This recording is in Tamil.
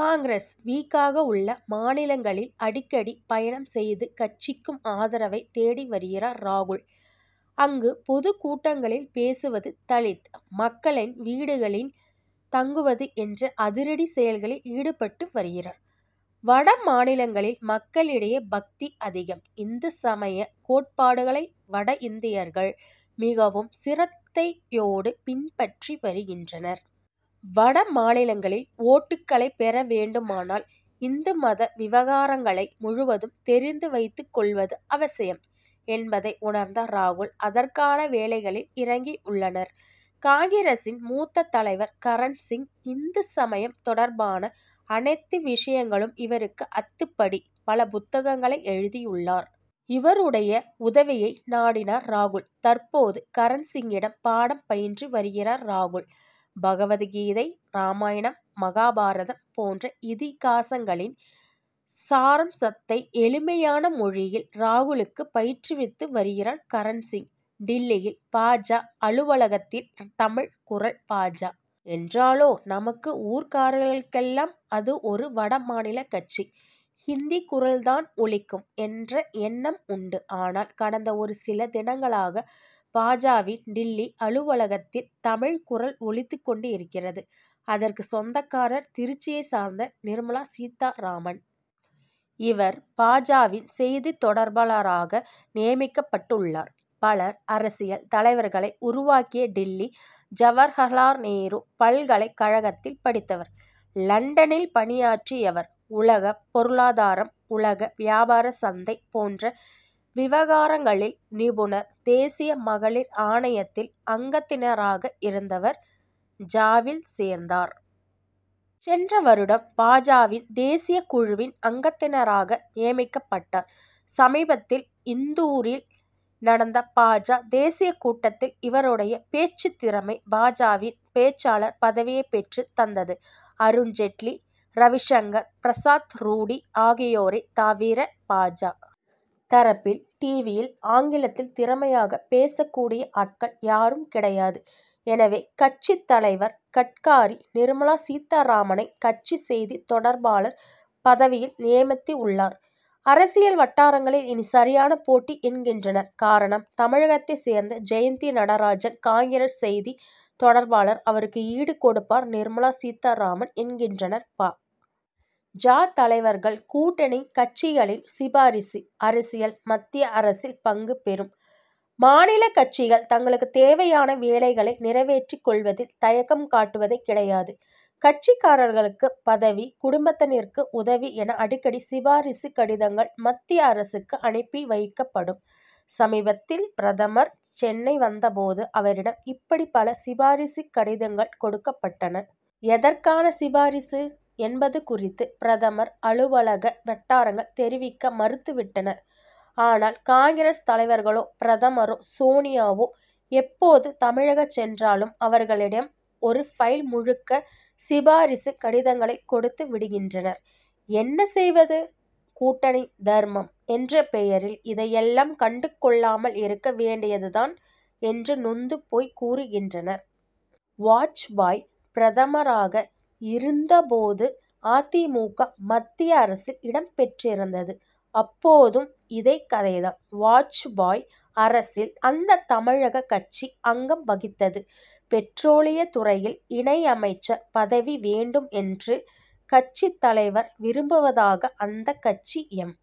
காங்கிரஸ் வீக்காக உள்ள மாநிலங்களில் அடிக்கடி பயணம் செய்து, கட்சிக்கு ஆதரவைத் தேடி வருகிறார் ராகுல். அங்கு பொதுக் கூட்டங்களில் பேசுவது தலித் மக்களின் வீடுகளில் தங்குவது என்று அதிரடி செயல்களில் ஈடுபட்டு வருகிறார். வட மாநிலங்களில், மக்களிடையே பக்தி அதிகம். இந்து சமய கோட்பாடுகளை, வட இந்தியர்கள் மிகவும் சிரத்தையோடு பின்பற்றி வருகின்றனர். வட மாநிலங்களில், ஓட்டுகளைப் பெற வேண்டுமானால் இந்து மத விவகாரங்களை முழுவதும், தெரிந்து வைத்துக் கொள்வது அவசியம் என்பதை உணர்ந்த ராகுல், அதற்கான வேலைகளில் இறங்கியுள்ளனர். காங்கிரசின் மூத்த தலைவர் கரண் சிங். இந்து சமயம் தொடர்பான அனைத்து விஷயங்களும், இவருக்கு அத்துபடி. பல புத்தகங்களை எழுதியுள்ளார். இவருடைய உதவியை நாடினார் ராகுல். தற்போது, கரண் சிங்கிடம் பாடம் பயின்று வருகிறார் ராகுல். பகவத் கீதை, ராமாயணம், மகாபாரதம் போன்ற இதிகாசங்களின் சாராம்சத்தை, எளிமையான மொழியில் ராகுலுக்கு பயிற்றுவித்து வருகிறார் கரண் சிங். டில்லி பா. ஜ., அலுவலகத்தில் தமிழ் குரல் பா. ஜ. என்றாலோ, நம்ம ஊர்க்காரர்களுக்கெல்லாம் அது ஒரு வட மாநில கட்சி, ஹிந்தி குரல்தான் ஒலிக்கும் என்ற எண்ணம் உண்டு. ஆனால், கடந்த ஒரு சில தினங்களாக பா. ஜ.,வின் டில்லி அலுவலகத்தில் தமிழ் குரல் ஒலித்துக் கொண்டிருக்கிறது. அதற்கு சொந்தக்காரர் திருச்சியைச் சார்ந்த, நிர்மலா சீத்தாராமன். இவர், பா. ஜ.,வின் செய்தித் தொடர்பாளராக நியமிக்கப்பட்டுள்ளார். பல அரசியல் தலைவர்களை உருவாக்கிய, டில்லி ஜவகர்லால் நேரு பல்கலைக் கழகத்தில் படித்தவர். லண்டனில் பணியாற்றியவர். உலக பொருளாதாரம், உலக வியாபார சந்தை போன்ற விவகாரங்களில் நிபுணர். தேசிய மகளிர் ஆணையத்தில் அங்கத்தினராக இருந்தவர். ஜ.,வில் சேர்ந்தார். சென்ற வருடம் பா. ஜ.,வின் தேசிய குழுவின் அங்கத்தினராக நியமிக்கப்பட்டார். சமீபத்தில் இந்தூரில் நடந்த பா. ஜ., தேசிய கூட்டத்தில், இவருடைய பேச்சு திறமை பா. ஜ.,வின் பேச்சாளர் பதவியைப் பெற்றுத் தந்தது. அருண் ஜெட்லி, ரவிசங்கர் பிரசாத், ரூடி ஆகியோரைத் தவிர, பா. ஜ., தரப்பில் 'டிவி'யில் ஆங்கிலத்தில் திறமையாகப் பேசக் கூடிய ஆட்கள், யாரும் கிடையாது. எனவே, கட்சித் தலைவர் கட்காரி, நிர்மலா சீத்தாராமனை, கட்சி செய்தி தொடர்பாளர் பதவியில் நியமித்துள்ளார். அரசியல் வட்டாரங்களில், இனி சரியான போட்டி என்கின்றனர். காரணம், தமிழகத்தைச் சேர்ந்த ஜெயந்தி நடராஜர் காங்கிரஸ் செய்தி தொடர்பாளர், அவருக்கு ஈடு கொடுப்பார் நிர்மலா சீத்தாராமன் என்கின்றனர் பா. ஜ., தலைவர்கள். கூட்டணி கட்சிகளின் சிபாரிசு அரசியல் மத்திய அரசில் பங்கு பெறும், மாநிலக் கட்சிகள் தங்களுக்குத் தேவையான வேலைகளை நிறைவேற்றிக் கொள்வதில் தயக்கம் காட்டுவதே கிடையாது. கட்சிக்காரர்களுக்கு பதவி, குடும்பத்தினருக்கு உதவி என அடிக்கடி சிபாரிசு கடிதங்கள், மத்திய அரசுக்கு அனுப்பி வைக்கப்படும். சமீபத்தில் பிரதமர் சென்னை வந்த போது, அவரிடம் இப்படி பல சிபாரிசு கடிதங்கள் கொடுக்கப்பட்டன. எதற்கான சிபாரிசு என்பது குறித்து, பிரதமர் அலுவலக வட்டாரங்கள் தெரிவிக்க மறுத்துவிட்டன. ஆனால், காங்கிரஸ் தலைவர்களோ, பிரதமரோ, சோனியாவோ எப்போது தமிழக சென்றாலும், அவர்களிடம் ஒரு பைல் முழுக்க சிபாரிசு கடிதங்களைக் கொடுத்து விடுகின்றனர். 'என்ன செய்வது கூட்டணி தர்மம் என்ற பெயரில், இதையெல்லாம் கண்டுகொள்ளாமல் இருக்க வேண்டியதுதான்' என்று நொந்து போய் கூறுகின்றனர். வாஜ்பாய் பிரதமராக இருந்த போது அ. தி. மு. க., மத்திய அரசு இடம் பெற்றிருந்தது. அப்போதும், இதே கதைதான். வாஜ்பாய் அரசில் அந்த தமிழக கட்சி அங்கம் வகித்தது. பெட்ரோலியத்துறையில், இணை அமைச்சர் பதவி வேண்டும் என்று, கட்சித் தலைவர் விரும்புவதாக அந்த கட்சி எம்.